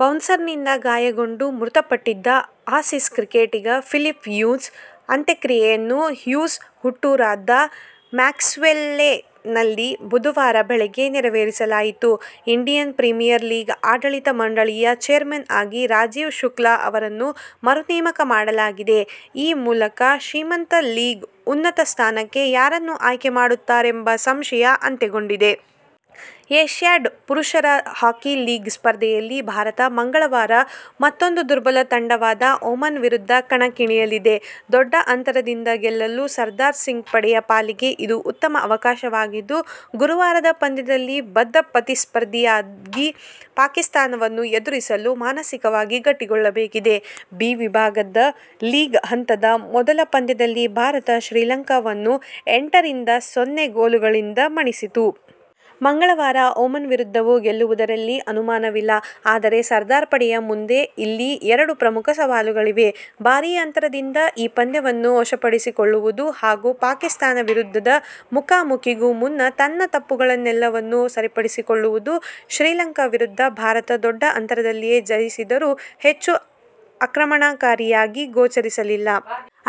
ಬೌನ್ಸರ್ನಿಂದ ಗಾಯಗೊಂಡು ಮೃತಪಟ್ಟಿದ್ದ ಆಸೀಸ್ ಕ್ರಿಕೆಟಿಗ ಫಿಲಿಪ್ ಹ್ಯೂಸ್ ಅಂತ್ಯಕ್ರಿಯೆಯನ್ನು ಹ್ಯೂಸ್ ಹುಟ್ಟೂರಾದ ಮ್ಯಾಕ್ಸ್ವಿಲ್ಲೆಯಲ್ಲಿ ಬುಧವಾರ ಬೆಳಿಗ್ಗೆ ನೆರವೇರಿಸಲಾಯಿತು. ಇಂಡಿಯನ್ ಪ್ರೀಮಿಯರ್ ಲೀಗ್ ಆಡಳಿತ ಮಂಡಳಿಯ ಚೇರ್ಮನ್ ಆಗಿ ರಾಜೀವ್ ಶುಕ್ಲ ಅವರನ್ನು ಮರು ನೇಮಕ ಮಾಡಲಾಗಿದೆ. ಈ ಮೂಲಕ ಶ್ರೀಮಂತ ಲೀಗ್ನ ಉನ್ನತ ಸ್ಥಾನಕ್ಕೆ ಯಾರನ್ನು ಆಯ್ಕೆ ಮಾಡುತ್ತಾರೆಂಬ ಸಂಶಯ ಅಂತ್ಯಗೊಂಡಿದೆ. ಏಶ್ಯಾಡ್ ಪುರುಷರ ಹಾಕಿ ಲೀಗ್ ಸ್ಪರ್ಧೆಯಲ್ಲಿ ಭಾರತ ಮಂಗಳವಾರ ಮತ್ತೊಂದು ದುರ್ಬಲ ತಂಡವಾದ ಒಮಾನ್ ವಿರುದ್ಧ ಕಣಕ್ಕಿಳಿಯಲಿದೆ. ದೊಡ್ಡ ಅಂತರದಿಂದ ಗೆಲ್ಲಲು ಸರ್ದಾರ್ ಸಿಂಗ್ ಪಡೆಯ ಪಾಲಿಗೆ ಇದು ಉತ್ತಮ ಅವಕಾಶವಾಗಿದ್ದು, ಗುರುವಾರದ ಪಂದ್ಯದಲ್ಲಿ ಬದ್ಧ ಪ್ರತಿಸ್ಪರ್ಧಿ ಪಾಕಿಸ್ಥಾನವನ್ನು ಎದುರಿಸಲು ಮಾನಸಿಕವಾಗಿ ಗಟ್ಟಿಗೊಳ್ಳಬೇಕಿದೆ. ಬಿ ವಿಭಾಗದ ಲೀಗ್ ಹಂತದ ಮೊದಲ ಪಂದ್ಯದಲ್ಲಿ ಭಾರತ ಶ್ರೀಲಂಕಾವನ್ನು ಎಂಟರಿಂದ ಸೊನ್ನೆ ಗೋಲುಗಳಿಂದ ಮಣಿಸಿತ್ತು. ಮಂಗಳವಾರ ಒಮಾನ್ ವಿರುದ್ಧವೂ ಗೆಲ್ಲುವುದರಲ್ಲಿ ಅನುಮಾನವಿಲ್ಲ. ಆದರೆ ಸರ್ದಾರ್ ಪಡೆಯ ಮುಂದೆ ಇಲ್ಲಿ ಎರಡು ಪ್ರಮುಖ ಸವಾಲುಗಳಿವೆ. ಭಾರೀ ಅಂತರದಿಂದ ಈ ಪಂದ್ಯವನ್ನು ವಶಪಡಿಸಿಕೊಳ್ಳುವುದು ಹಾಗೂ ಪಾಕಿಸ್ಥಾನ ವಿರುದ್ಧದ ಮುಖಾಮುಖೀಗೂ ಮುನ್ನ ತನ್ನ ತಪ್ಪುಗಳೆಲ್ಲವನ್ನೂ ಸರಿಪಡಿಸಿಕೊಳ್ಳುವುದು. ಶ್ರೀಲಂಕಾ ವಿರುದ್ಧ ಭಾರತ ದೊಡ್ಡ ಅಂತರದಿಂದಲೇ ಜಯಿಸಿದರೂ ಹೆಚ್ಚು ಆಕ್ರಮಣಕಾರಿಯಾಗಿ ಗೋಚರಿಸಿರಲಿಲ್ಲ.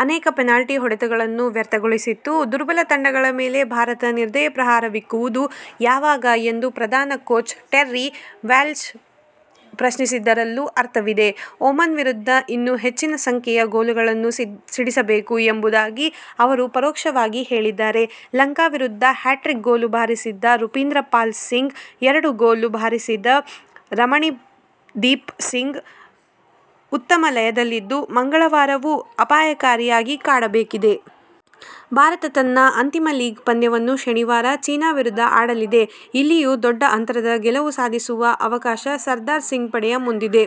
ಅನೇಕ ಪೆನಾಲ್ಟಿ ಹೊಡೆತಗಳನ್ನು ವ್ಯರ್ಥಗೊಳಿಸಿತ್ತು. ದುರ್ಬಲ ತಂಡಗಳ ಮೇಲೆ ಭಾರತ ನಿರ್ದಯ ಪ್ರಹಾರವಿಕ್ಕುವುದು ಯಾವಾಗ ಎಂದು ಪ್ರಧಾನ ಕೋಚ್ ಟೆರ್ರಿ ವಾಲ್ಶ್ ಪ್ರಶ್ನಿಸಿದ್ದರಲ್ಲೂ ಅರ್ಥವಿದೆ. ಒಮಾನ್ ವಿರುದ್ಧ ಇನ್ನೂ ಹೆಚ್ಚಿನ ಸಂಖ್ಯೆಯ ಗೋಲುಗಳನ್ನು ಸಿಡಿಸಬೇಕು ಎಂಬುದಾಗಿ ಅವರು ಪರೋಕ್ಷವಾಗಿ ಹೇಳಿದ್ದಾರೆ. ಲಂಕಾ ವಿರುದ್ಧ ಹ್ಯಾಟ್ರಿಕ್ ಗೋಲು ಬಾರಿಸಿದ ರೂಪಿಂದರ್ಪಾಲ್ ಸಿಂಗ್, ಎರಡು ಗೋಲು ಬಾರಿಸಿದ ರಮಣ್ದೀಪ್ ಸಿಂಗ್ ಉತ್ತಮ ಲಯದಲ್ಲಿದ್ದು, ಮಂಗಳವಾರವೂ ಅಪಾಯಕಾರಿಯಾಗಿ ಕಾಡಬೇಕಿದೆ. ಭಾರತ ತನ್ನ ಅಂತಿಮ ಲೀಗ್ ಪಂದ್ಯವನ್ನು ಶನಿವಾರ ಚೀನಾ ವಿರುದ್ಧ ಆಡಲಿದೆ. ಇಲ್ಲಿಯೂ ದೊಡ್ಡ ಅಂತರದ ಗೆಲುವು ಸಾಧಿಸುವ ಅವಕಾಶ ಸರ್ದಾರ್ ಸಿಂಗ್ ಪಡೆಯ ಮುಂದಿದೆ.